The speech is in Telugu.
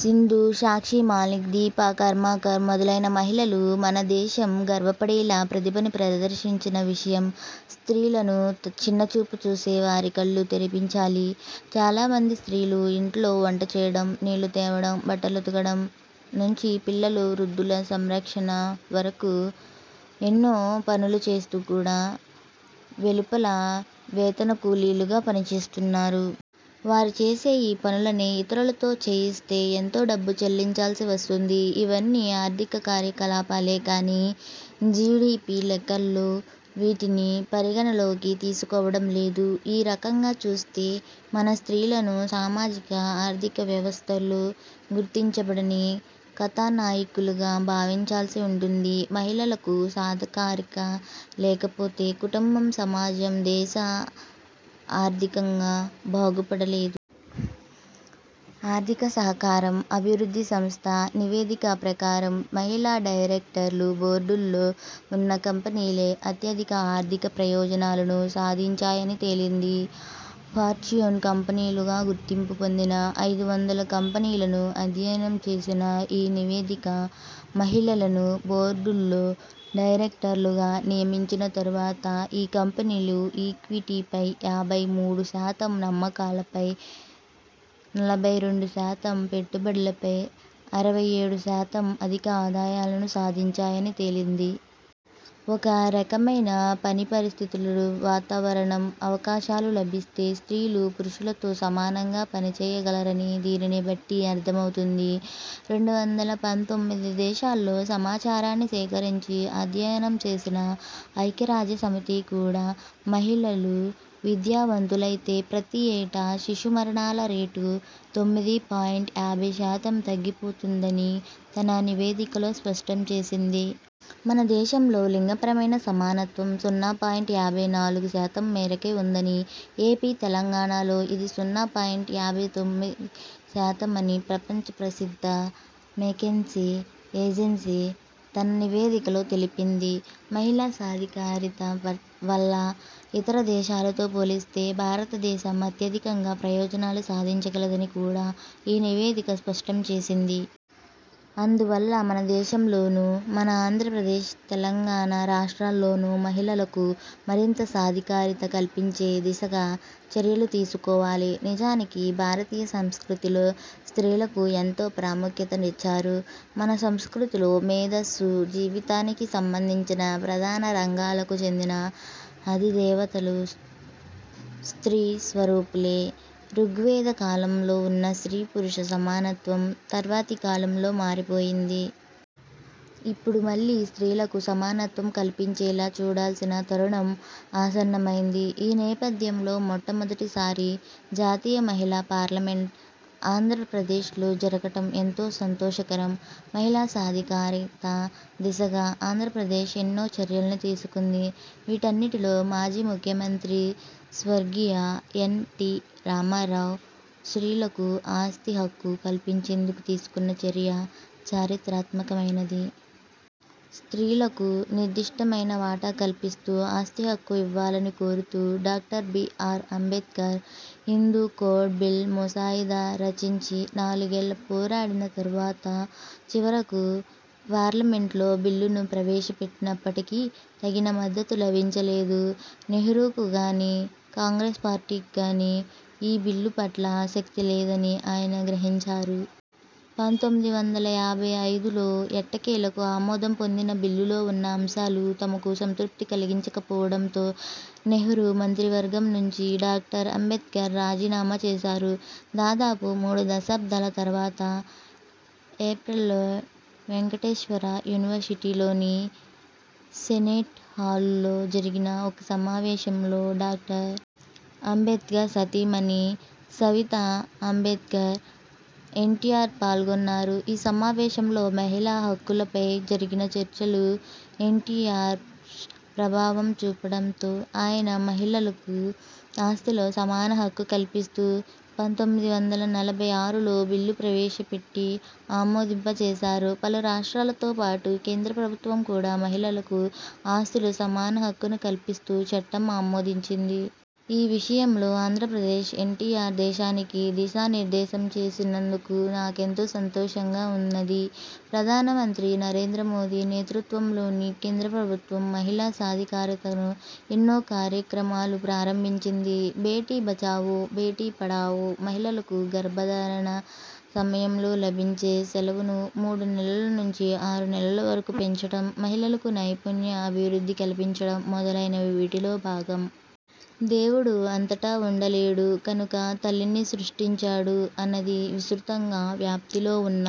సింధు, సాక్షి మాలిక్, దీపా కర్మాకర్ మొదలైన మహిళలు మన దేశం గర్వపడేలా ప్రతిభను ప్రదర్శించిన విషయం స్త్రీలను చిన్న చూపు చూసే వారి కళ్లు తెరిపించాలి. చాలా మంది స్త్రీలు ఇంట్లో వంట చేయడం, నీళ్లు తేవడం, బట్టలుతకడం నుంచి పిల్లలు, వృద్ధుల సంరక్షణ వరకు ఎన్నో పనులు చేస్తూ కూడా వెలుపల వేతన కూలీలుగా పనిచేస్తున్నారు. వారు చేసే ఈ పనులనే ఇతరులతో చేయిస్తే ఎంతో డబ్బు చెల్లించాల్సి వస్తుంది. ఇవన్నీ ఆర్థిక కార్యకలాపాలే కానీ జీడీపీ లెక్కల్లో వీటిని పరిగణనలోకి తీసుకోవడం లేదు. ఈ రకంగా చూస్తే మన స్త్రీలను సామాజిక ఆర్థిక వ్యవస్థల్లో గుర్తించబడని కథానాయికలుగా భావించాల్సి ఉంటుంది. మహిళకు సాధికారత లేకపోతే కుటుంబం, సమాజం, దేశం ఆర్థికంగా బాగుపడలేదు. 'ఆర్థిక సహకారం, అభివృద్ధి సంస్థ' నివేదిక ప్రకారం మహిళా డైరెక్టర్లు బోర్డుల్లో ఉన్న కంపెనీలే అత్యధిక ఆర్థిక ప్రయోజనాలను సాధించాయని తేలింది. ఫార్చ్యూన్ కంపెనీలుగా గుర్తింపు పొందిన ఐదు వందల కంపెనీలను అధ్యయనం చేసిన ఈ నివేదిక మహిళలను బోర్డుల్లో డైరెక్టర్లుగా నియమించిన తర్వాత ఈ కంపెనీలు ఈక్విటీపై యాభై మూడు శాతం, అమ్మకాలపై నలభై రెండు శాతం, పెట్టుబడులపై అరవై ఏడు శాతం అధిక ఆదాయాలను సాధించాయని తేలింది. ఒకేరకమైన పనిపరిస్థితులు, వాతావరణం, అవకాశాలు లభిస్తే స్త్రీలు పురుషులతో సమానంగా పనిచేయగలరని దీనిని బట్టి అర్థమవుతుంది. రెండు వందల పంతొమ్మిది దేశాల్లో సమాచారాన్ని సేకరించి అధ్యయనం చేసిన ఐక్యరాజ్యసమితి కూడా మహిళలు విద్యావంతులైతే ప్రతి ఏటా శిశు మరణాల రేటు తొమ్మిది పాయింట్ యాభై శాతం తగ్గిపోతుందని తన నివేదికలో స్పష్టం చేసింది. మన దేశంలో లింగపరమైన సమానత్వం సున్నా పాయింట్ యాభై నాలుగు శాతం మేరకే ఉందని, ఏపీ, తెలంగాణలో ఇది సున్నా పాయింట్ యాభై తొమ్మిది శాతమని ప్రపంచ ప్రసిద్ధ మెకెన్సీ ఏజెన్సీ తన నివేదికలో తెలిపింది మహిళా సాధికారత వల్ల ఇతర దేశాలతో పోలిస్తే భారత దేశం అత్యధికంగా ప్రయోజనాలు సాధించగలదని కూడా ఈ నివేదిక స్పష్టం చేసింది. అందువల్ల మన దేశంలోనూ, మన ఆంధ్రప్రదేశ్, తెలంగాణ రాష్ట్రాల్లోనూ మహిళలకు మరింత సాధికారత కల్పించే దిశగా చర్యలు తీసుకోవాలి. నిజానికి భారతీయ సంస్కృతిలో స్త్రీలకు ఎంతో ప్రాముఖ్యతనిచ్చారు. మన సంస్కృతిలో మేధస్సు, జీవితానికి సంబంధించిన ప్రధాన రంగాలకు చెందిన అధి దేవతలు స్త్రీ స్వరూపులే. రుగ్వేద కాలంలో ఉన్న స్త్రీ పురుష సమానత్వం తర్వాతి కాలంలో మారిపోయింది. ఇప్పుడు మళ్లీ స్త్రీలకు సమానత్వం కల్పించేలా చూడాల్సిన తరుణం ఆసన్నమైంది. ఈ నేపథ్యంలో మొట్టమొదటిసారి జాతీయ మహిళా పార్లమెంట్ ఆంధ్రప్రదేశ్లో జరగడం ఎంతో సంతోషకరం. మహిళా సాధికారత దిశగా ఆంధ్రప్రదేశ్ ఎన్నో చర్యల్ని తీసుకుంది. వీటన్నిటిలో మాజీ ముఖ్యమంత్రి స్వర్గీయ ఎన్ టి రామారావు స్త్రీలకు ఆస్తి హక్కు కల్పించేందుకు తీసుకున్న చర్య చరిత్రాత్మకమైనది. స్త్రీలకు నిర్దిష్టమైన వాటా కల్పిస్తూ ఆస్తి హక్కు ఇవ్వాలని కోరుతూ డా. B. R. Ambedkar Hindu code bill ముసాయిదా రచించి నాలుగేళ్లు పోరాడిన తర్వాత చివరకు పార్లమెంట్లో బిల్లును ప్రవేశపెట్టినప్పటికీ తగిన మద్దతు లభించలేదు. నెహ్రూకు గానీ, కాంగ్రెస్ పార్టీకి కానీ ఈ బిల్లు పట్ల ఆసక్తి లేదని ఆయన గ్రహించారు. పంతొమ్మిది వందల యాభై ఐదులో ఎట్టకేలకు ఆమోదం పొందిన బిల్లులో ఉన్న అంశాలు తనకు సంతృప్తి కలిగించకపోవడంతో నెహ్రూ మంత్రివర్గం నుంచి డాక్టర్ అంబేడ్కర్ రాజీనామా చేశారు. దాదాపు మూడు దశాబ్దాల తర్వాత ఏప్రిల్లో వేంకటేశ్వరా యూనివర్సిటీలోని సెనేట్ హాలులో జరిగిన ఒక సమావేశంలో డా. అంబేడ్కర్ సతీమణి సవితా అంబేడ్కర్, ఎన్టీఆర్ పాల్గొన్నారు. ఈ సమావేశంలో మహిళా హక్కులపై జరిగిన చర్చలు ఎన్టీఆర్పై ప్రభావం చూపడంతో ఆయన మహిళలకు ఆస్తిలో సమాన హక్కు కల్పిస్తూ పంతొమ్మిది వందల ఎనభై ఆరులో బిల్లు ప్రవేశపెట్టి ఆమోదింపచేశారు. పలు రాష్ట్రాలతో పాటు కేంద్ర ప్రభుత్వం కూడా మహిళకు ఆస్తిలో సమాన హక్కును కల్పిస్తూ చట్టం ఆమోదించింది. ఈ విషయంలో ఆంధ్రప్రదేశ్, ఎన్టీఆర్ దేశానికి దిశానిర్దేశం చేసినందుకు నాకెంతో సంతోషంగా ఉన్నది. ప్రధానమంత్రి నరేంద్రమోదీ నేతృత్వంలోని కేంద్ర ప్రభుత్వం మహిళా సాధికారతకు ఎన్నో కార్యక్రమాలు ప్రారంభించింది. 'బేటీ బచావో– బేటీ పడావో', మహిళలకు గర్భధారణ సమయంలో లభించే సెలవును మూడు నెలల నుంచి ఆరు నెలల వరకు పెంచడం, మహిళలకు నైపుణ్య అభివృద్ధి కల్పించడం మొదలైనవి వీటిలో భాగం. 'దేవుడు అంతటా ఉండలేడు కనుక తల్లిని సృష్టించాడు' అన్నది విస్తృతంగా వ్యాప్తిలో ఉన్న